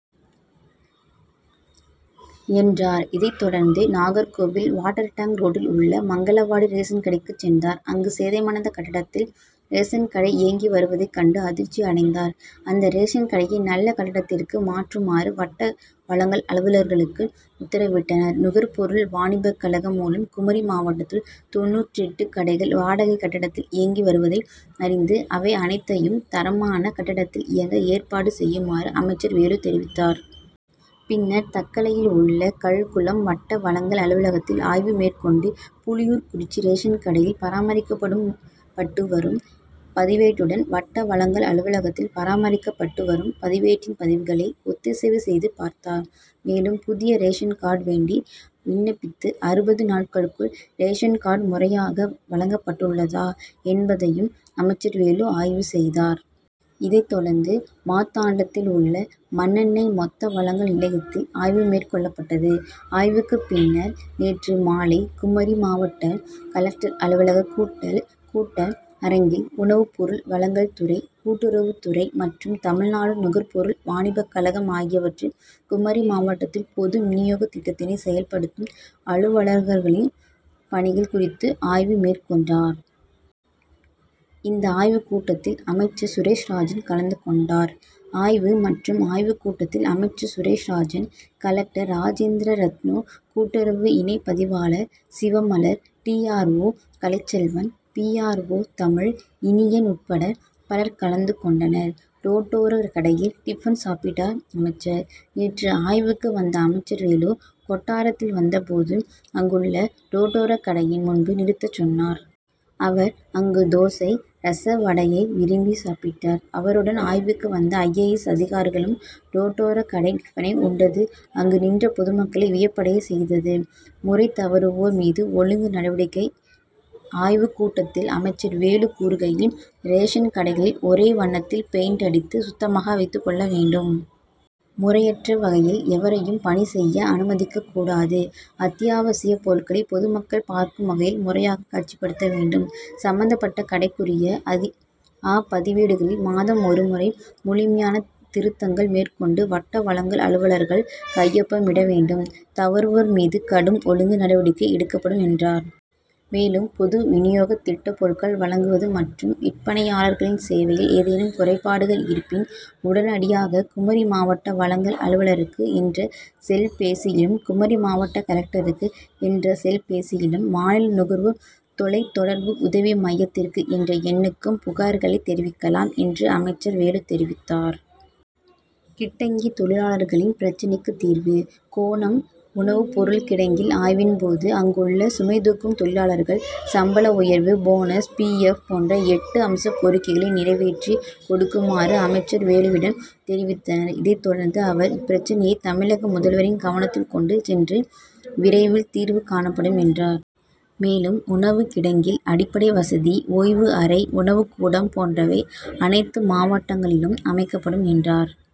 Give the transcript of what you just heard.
என்றார். இதைத்தொடர்ந்து நாகர்கோவில் வாட்டர்டேங்க் ரோட்டில் உள்ள மங்களவாடி ரேஷன்கடைக்கு சென்றார். அங்கு சேதமடைந்த கட்டடத்தில் ரேஷன்கடை இயங்கி வருவதை கண்டு அதிர்ச்சி அடைந்தார். அந்த ரேஷன் கடையை நல்ல கட்டடத்திற்கு மாற்றுமாறு வட்ட வழங்கல் அலுவலர்களுக்கு உத்தரவிட்டனர். நுகர்பொருள் வாணிபக்கழகம் மூலம் குமரி மாவட்டத்தில் தொண்ணூற்றெட்டு கடைகள் வாடகை கட்டடத்தில் இயங்கி வருவதை அறிந்து அவை அனைத்தையும் தரமான கட்டடத்தில் இயங்க ஏற்பாடு செய்யுமாறு அமைச்சர் வேலு தெரிவித்தார். பின்னர் தக்கலையில் உள்ள கல்குளம் வட்ட வழங்கல் அலுவலகத்தில் ஆய்வு மேற்கொண்டு புலியூர்குறிச்சி ரேஷன் கடையில் பராமரிக்கப்பட்டு வரும் பதிவேட்டுடன் வட்ட வழங்கல் அலுவலகத்தில் பராமரிக்கப்பட்டு வரும் பதிவேட்டின் பதிவுகளை ஒத்திசைவு செய்து பார்த்தார். மேலும் புதிய ரேஷன் கார்டு வேண்டி விண்ணப்பித்து அறுபது நாட்களுக்குள் ரேஷன் கார்டு முறையாக வழங்கப்பட்டுள்ளதா என்பதையும் அமைச்சர் வேலு ஆய்வு செய்தார். இதைத்தொடர்ந்து மார்த்தாண்டத்தில் உள்ள மண்ணெண்ணெய் மொத்த வழங்கல் நிலையத்தில் ஆய்வு மேற்கொள்ளப்பட்டது. ஆய்வுக்கு பின்னர் நேற்று மாலை குமரி மாவட்ட கலெக்டர் அலுவலக கூட்ட அரங்கில் உணவுப் பொருள் வழங்கல்துறை, கூட்டுறவுத்துறை, மற்றும் தமிழ்நாடு நுகர்பொருள் வாணிபக் கழகம் ஆகியவற்றில் குமரி மாவட்டத்தில் பொது விநியோக திட்டத்தினை செயல்படுத்தும் அலுவலர்களின் பணிகள் குறித்து ஆய்வு மேற்கொண்டார். இந்த ஆய்வுகூட்டத்தில் அமைச்சர் சுரேஷ்ராஜன் கலந்துகொண்டார். ஆய்வு, மற்றும் ஆய்வு கூட்டத்தில் அமைச்சர் சுரேஷ்ராஜன், கலெக்டர் ராஜேந்திர ரத்னூ, கூட்டுறவு இணைபதிவாளர் Sivamalar, D. R. O. Kalaiselvan, P. R. O. Tamil Iniyan உட்பட பலர் கலந்துகொண்டனர். ரோட்டோர கடையில் டிஃபன் சாப்பிட்டார் அமைச்சர் நேற்று ஆய்வுக்கு வந்த அமைச்சர் வேலு, கொட்டாரத்தில் வந்தபோது அங்குள்ள ரோட்டோர கடையின் முன்பு நிறுத்த சொன்னார். அவர் அங்கு தோசை, ரசவடையை விரும்பி சாப்பிட்டார். அவருடன் ஆய்வுக்கு வந்த ஐ. ஏ. எஸ். அதிகாரிகளும் ரோட்டோர கடை டிஃபனை உண்டது அங்கு நின்ற பொதுமக்களை வியப்படைய செய்தது. முறைதவறுவோர் மீதுஒழுங்கு நடவடிக்க ஆய்வு கூட்டத்தில் அமைச்சர் வேலு கூறுகையில், ரேஷன் கடைகளில் ஒரே வண்ணத்தில் பெயிண்ட் அடித்து சுத்தமாக வைத்துக்கொள்ளவேண்டும். முறையற்ற வகையில் எவரையும் பணி செய்ய அனுமதிக்க கூடாது. அத்தியாவசிய பொருட்களை பொதுமக்கள் பார்க்கும் வகையில் முறையாக காட்சிப்படுத்த வேண்டும். சம்பந்தப்பட்ட கடைக்குரிய அ பதிவேடுகளில் மாதம் ஒரு முறை முழுமையான திருத்தங்கள் மேற்கொண்டு வட்ட வழங்கல் அலுவலர்கள் கையொப்பமிடவேண்டும். தவறுவோர் மீது கடும் ஒழுங்கு நடவடிக்கை எடுக்கப்படும் என்றார். மேலும் பொதுவிநியோக திட்ட பொருட்கள் வழங்குவது, மற்றும் விற்பனையாளர்களின் சேவையில் ஏதேனும் குறைபாடுகள் இருப்பின் உடனடியாக குமரி மாவட்ட வழங்கல் அலுவலருக்கு என்ற செல்பேசியிலும், குமரி மாவட்ட கலெக்டருக்கு என்ற செல்பேசியிலும், மாநில நுகர்வோர் தொலைத்தொடர்பு உதவி மையத்திற்கு என்ற எண்ணுக்கும் புகார்களை தெரிவிக்கலாம் என்று அமைச்சர் வேலு தெரிவித்தார். கிட்டங்கி தொழிலாளர்களின் பிரச்சினைக்கு தீர்வு: கோணம் உணவு பொருள் கிடங்கில் ஆய்வின்போது, அங்குள்ள சுமைதூக்கும் தொழிலாளர்கள் சம்பள உயர்வு, போனஸ், பி. எஃப். போன்ற எட்டு அம்ச கோரிக்கைகளை நிறைவேற்றி கொடுக்குமாறு அமைச்சர் வேலுவிடம் தெரிவித்தனர். இதைத்தொடர்ந்து அவர் இப்பிரச்சினையை தமிழக முதல்வரின் கவனத்தில் கொண்டு சென்று விரைவில் தீர்வு காணப்படும் என்றார். மேலும் உணவு கிடங்கில் அடிப்படை வசதி, ஓய்வு அறை, உணவுக்கூடம் போன்றவை அனைத்து மாவட்டங்களிலும் அமைக்கப்படும் என்றார்.